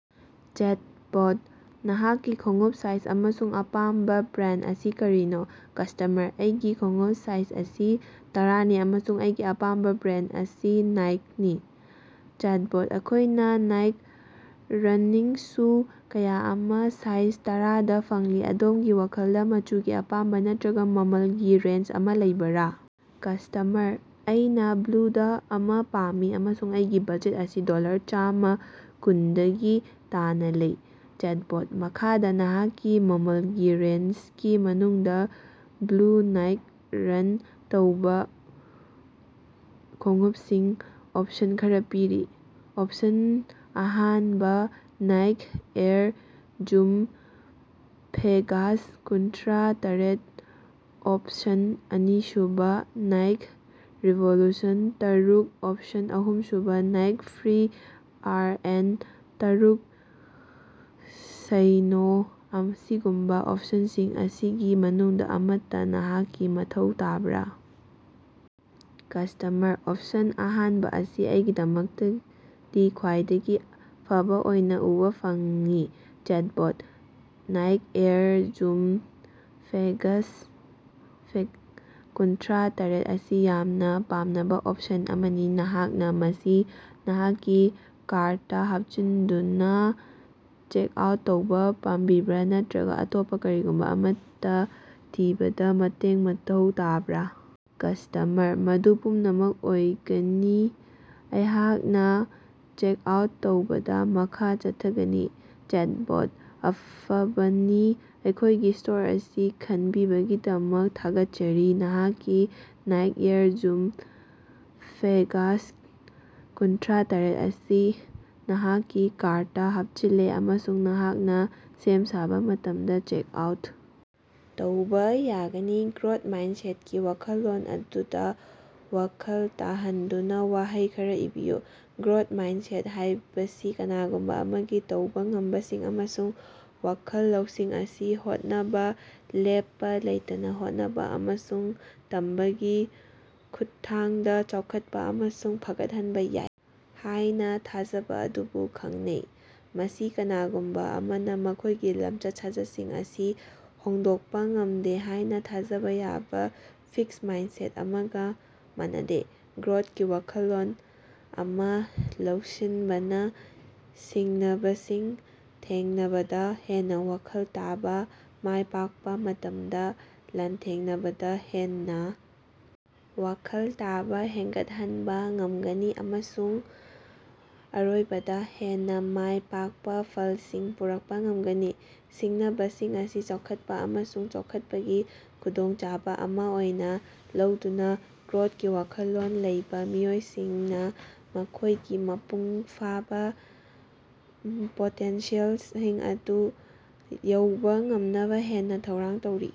Chatbot: ꯅꯍꯥꯛꯀꯤ ꯈꯣꯡꯎꯞ size ꯑꯃꯁꯨꯡ ꯑꯄꯥꯝꯕꯥ ꯕ꯭ꯔꯥꯟꯗ ꯑꯁꯤ ꯀꯔꯤꯅꯣ? ꯀꯁ꯭ꯇꯃꯔ: ꯑꯩꯒꯤ ꯈꯣꯡꯎꯞ ꯁꯥꯏꯖ ꯑꯁꯤ ꯇꯔꯥꯅꯤ ꯑꯃꯁꯨꯡ ꯑꯩꯒꯤ ꯑꯄꯥꯝꯕꯥ ꯕ꯭ꯔꯥꯟꯗ ꯑꯁꯤ ꯅꯥꯏꯛꯅꯤ꯫ ꯆꯦꯠꯕꯣꯠ: ꯑꯩꯈꯣꯏꯅꯥ ꯅꯥꯏꯛ ꯔꯟꯅꯤꯡ ꯁꯨ ꯀꯌꯥ ꯑꯃꯥ ꯁꯥꯏꯖ ꯇꯔꯥꯗꯥ ꯐꯪꯂꯤ, ꯑꯗꯣꯝꯒꯤ ꯋꯥꯈꯜꯗꯥ ꯃꯆꯨꯒꯤ ꯑꯄꯥꯝꯕꯥ ꯅꯠꯇ꯭ꯔꯒꯥ ꯃꯃꯜꯒꯤ ꯔꯦꯟꯖ ꯑꯃꯥ ꯂꯩꯕꯔꯥ? ꯀꯁ꯭ꯇꯃꯔ: ꯑꯩꯅꯥ ꯕ꯭ꯂꯨꯗꯥ ꯑꯃꯥ ꯄꯥꯝꯃꯤ ꯑꯃꯁꯨꯡ ꯑꯩꯒꯤ ꯕꯖꯦꯠ ꯑꯁꯤ ꯗꯣꯂꯔ ꯆꯝꯃꯥ ꯀꯨꯟꯗꯒꯤ ꯇꯥꯅꯥ ꯂꯩ꯫ ꯆꯦꯠꯕꯣꯠ: ꯃꯈꯥꯗꯥ ꯅꯍꯥꯛꯀꯤ ꯃꯃꯜꯒꯤ ꯔꯦꯟꯖꯒꯤ ꯃꯅꯨꯡꯗꯥ ꯕ꯭ꯂꯨ ꯅꯥꯏꯛ ꯔꯟ ꯇꯧꯕꯥ ꯈꯣꯡꯎꯞꯁꯤꯡꯒꯤ ꯑꯣꯞꯁꯟ ꯈꯔꯥ ꯄꯤꯔꯤ: ꯑꯣꯞꯁꯟ ꯑꯍꯥꯟꯕ ꯅꯥꯏꯛ ꯑꯦꯌꯔ ꯖꯨꯝ ꯄꯦꯒꯥꯁ ꯀꯨꯟꯊ꯭ꯔꯥ ꯇꯔꯦꯠꯑꯣꯞꯁꯟ ꯑꯅꯤꯁꯨꯕ ꯅꯥꯏꯛ ꯔꯤꯚꯣꯂꯨꯁꯟ ꯇꯥꯔꯨꯛ ꯑꯣꯞꯁꯟ ꯑꯍꯨꯝꯁꯨꯕ ꯅꯥꯏꯛ ꯐ꯭ꯔꯤ ꯑꯥꯔ ꯑꯦꯟ ꯇꯥꯔꯨꯛ ꯁꯩꯅꯣ ꯑꯁꯤꯒꯨꯝꯕꯥ ꯑꯣꯞꯁꯟꯁꯤꯡ ꯑꯁꯤꯒꯤ ꯃꯅꯨꯡꯗꯥ ꯑꯃꯠꯇꯥ ꯅꯍꯥꯛꯀꯤ ꯃꯊꯧ ꯇꯥꯕꯔꯥ? ꯀꯁ꯭ꯇꯃꯔ: ꯑꯣꯞꯁꯟ ꯑꯍꯥꯟꯕ ꯑꯁꯤ ꯑꯩꯒꯤꯗꯃꯛꯇꯗꯤ ꯈ꯭ꯋꯥꯏꯗꯒꯤ ꯐꯕꯥ ꯑꯣꯏꯅꯥ ꯎꯕꯥ ꯐꯪꯏ꯫ Chatbot: Nike Air Zoom Pegasus ꯀꯨꯟꯊ꯭ꯔꯥ ꯇꯔꯦꯠ ꯑꯁꯤ ꯌꯥꯝꯅꯥ ꯄꯥꯝꯅꯕꯥ ꯑꯣꯞꯁꯟ ꯑꯃꯅꯤ꯫ ꯅꯍꯥꯛꯅꯥ ꯃꯁꯤ ꯅꯍꯥꯛꯀꯤ ꯀꯥꯔꯗꯇꯥ ꯍꯥꯞꯆꯤꯟꯗꯨꯅꯥ ꯆꯦꯛꯑꯥꯎꯠ ꯇꯧꯕꯥ ꯄꯥꯝꯕꯤꯕ꯭ꯔꯥ ꯅꯠꯇ꯭ꯔꯒꯥ ꯑꯇꯣꯞꯄꯥ ꯀꯔꯤꯒꯨꯝꯕꯥ ꯑꯃꯠꯇꯥ ꯊꯤꯕꯗꯥ ꯃꯇꯦꯡ ꯃꯊꯧ ꯇꯥꯕ꯭ꯔꯥ? ꯀꯁ꯭ꯇꯃꯔ: ꯃꯗꯨ ꯄꯨꯝꯅꯃꯛ ꯑꯣꯏꯒꯅꯤ꯫ ꯑꯩꯍꯥꯛꯅꯥ ꯆꯦꯛꯑꯥꯎꯠ ꯇꯧꯕꯗꯥ ꯃꯈꯥ ꯆꯠꯊꯒꯅꯤ꯫ ꯆꯦꯇꯕꯣꯠ: ꯑꯐꯕꯥꯅꯤ ꯑꯩꯈꯣꯏꯒꯤ ꯁ꯭ꯇꯣꯔ ꯑꯁꯤ ꯈꯟꯕꯤꯕꯒꯤꯗꯃꯛ ꯊꯥꯒꯠꯆꯔꯤ! ꯅꯍꯥꯛꯀꯤ ꯅꯥꯏꯛ ꯑꯦꯌꯔ ꯖꯨꯝ ꯄꯦꯒꯥꯁꯁ ꯀꯨꯟꯊ꯭ꯔꯥ ꯇꯔꯦꯠ ꯑꯁꯤ ꯅꯍꯥꯛꯀꯤ ꯀꯥꯔꯠꯇꯥ ꯍꯥꯞꯆꯤꯜꯂꯦ ꯑꯃꯁꯨꯡ ꯅꯍꯥꯛꯅꯥ ꯁꯦꯝ ꯁꯥꯕꯥ ꯃꯇꯝꯗꯥ ꯆꯦꯛꯑꯥꯎꯠ ꯇꯧꯕꯥ ꯌꯥꯒꯅꯤ꯫ ꯒ꯭ꯔꯣꯠ ꯃꯥꯏꯟꯗꯁꯦꯠꯒꯤ ꯋꯥꯈꯜꯂꯣꯟ ꯑꯗꯨꯗꯥ ꯋꯥꯈꯜ ꯇꯥꯍꯟꯗꯨꯅꯥ ꯋꯥꯍꯩ ꯈꯔꯥ ꯏꯕꯤꯌꯨ꯫ ꯒ꯭ꯔꯣꯠ ꯃꯥꯏꯟꯗꯁꯦꯠ ꯍꯥꯏꯕꯁꯤ ꯀꯅꯥꯒꯨꯝꯕꯥ ꯑꯃꯒꯤ ꯇꯧꯕꯥ ꯉꯝꯕꯁꯤꯡ ꯑꯃꯁꯨꯡ ꯋꯥꯈꯜ ꯂꯧꯁꯤꯡ ꯑꯁꯤ ꯍꯣꯠꯅꯕꯥ, ꯂꯦꯞꯄꯥ ꯂꯩꯇꯅꯥ ꯍꯣꯠꯅꯕꯥ ꯑꯃꯁꯨꯡ ꯇꯝꯕꯒꯤ ꯈꯨꯠꯊꯥꯡꯗꯥ ꯆꯥꯎꯈꯠꯄꯥ ꯑꯃꯁꯨꯡ ꯐꯒꯠꯍꯟꯕꯥ ꯌꯥꯏ ꯍꯥꯏꯅꯥ ꯊꯥꯖꯕꯥ ꯑꯗꯨꯕꯨ ꯈꯪꯅꯩ꯫ ꯃꯁꯤ ꯀꯅꯥꯒꯨꯝꯕꯥ ꯑꯃꯅꯥ ꯃꯈꯣꯏꯒꯤ ꯂꯝꯆꯠ-ꯁꯥꯖꯠꯁꯤꯡ ꯑꯁꯤ ꯍꯣꯡꯗꯣꯛꯄꯥ ꯉꯝꯗꯦ ꯍꯥꯏꯅꯥ ꯊꯥꯖꯕꯥ ꯌꯥꯕꯥ ꯐꯤꯛꯁ ꯃꯥꯏꯟꯗꯁꯦꯠ ꯑꯃꯒꯥ ꯃꯥꯟꯅꯗꯦ꯫ ꯒ꯭ꯔꯣꯠꯀꯤ ꯋꯥꯈꯜꯂꯣꯟ ꯑꯃꯥ ꯂꯧꯁꯤꯟꯕꯅꯥ ꯁꯤꯡꯅꯕꯁꯤꯡ ꯊꯦꯡꯅꯕꯗꯥ ꯍꯦꯟꯅꯥ ꯋꯥꯈꯜ ꯇꯥꯕꯥ, ꯃꯥꯏ ꯄꯥꯛꯄꯥ ꯃꯇꯝꯗꯥ ꯂꯥꯟꯊꯦꯡꯅꯕꯗꯥ ꯍꯦꯟꯅꯥ ꯋꯥꯈꯜ ꯇꯥꯕꯥ ꯍꯦꯟꯒꯠꯍꯟꯕꯥ ꯉꯝꯒꯅꯤ ꯑꯃꯁꯨꯡ ꯑꯔꯣꯏꯕꯗꯥ, ꯍꯦꯟꯅꯥ ꯃꯥꯏ ꯄꯥꯛꯄꯥ ꯐꯜꯁꯤꯡ ꯄꯨꯔꯛꯄꯥ ꯉꯃꯒꯅꯤ꯫ ꯁꯤꯡꯅꯕꯁꯤꯡ ꯑꯁꯤ ꯆꯥꯎꯈꯠꯄꯥ ꯑꯃꯁꯨꯡ ꯆꯥꯎꯈꯠꯄꯒꯤ ꯈꯨꯗꯣꯡꯆꯥꯕꯥ ꯑꯃꯥ ꯑꯣꯏꯅꯥ ꯂꯧꯗꯨꯅꯥ ꯒ꯭ꯔꯣꯠꯀꯤ ꯋꯥꯈꯜꯂꯣꯟ ꯂꯩꯕꯥ ꯃꯤꯑꯣꯏꯁꯤꯡꯅꯥ ꯃꯈꯣꯏꯒꯤ ꯃꯄꯨꯡ ꯐꯥꯕꯥ ꯄꯣꯇꯦꯟꯁꯤꯌꯦꯜ ꯑꯗꯨ ꯌꯧꯕꯥ ꯉꯝꯅꯕꯥ ꯍꯦꯟꯅꯥ ꯊꯧꯔꯥꯡ ꯇꯧꯔꯤ꯫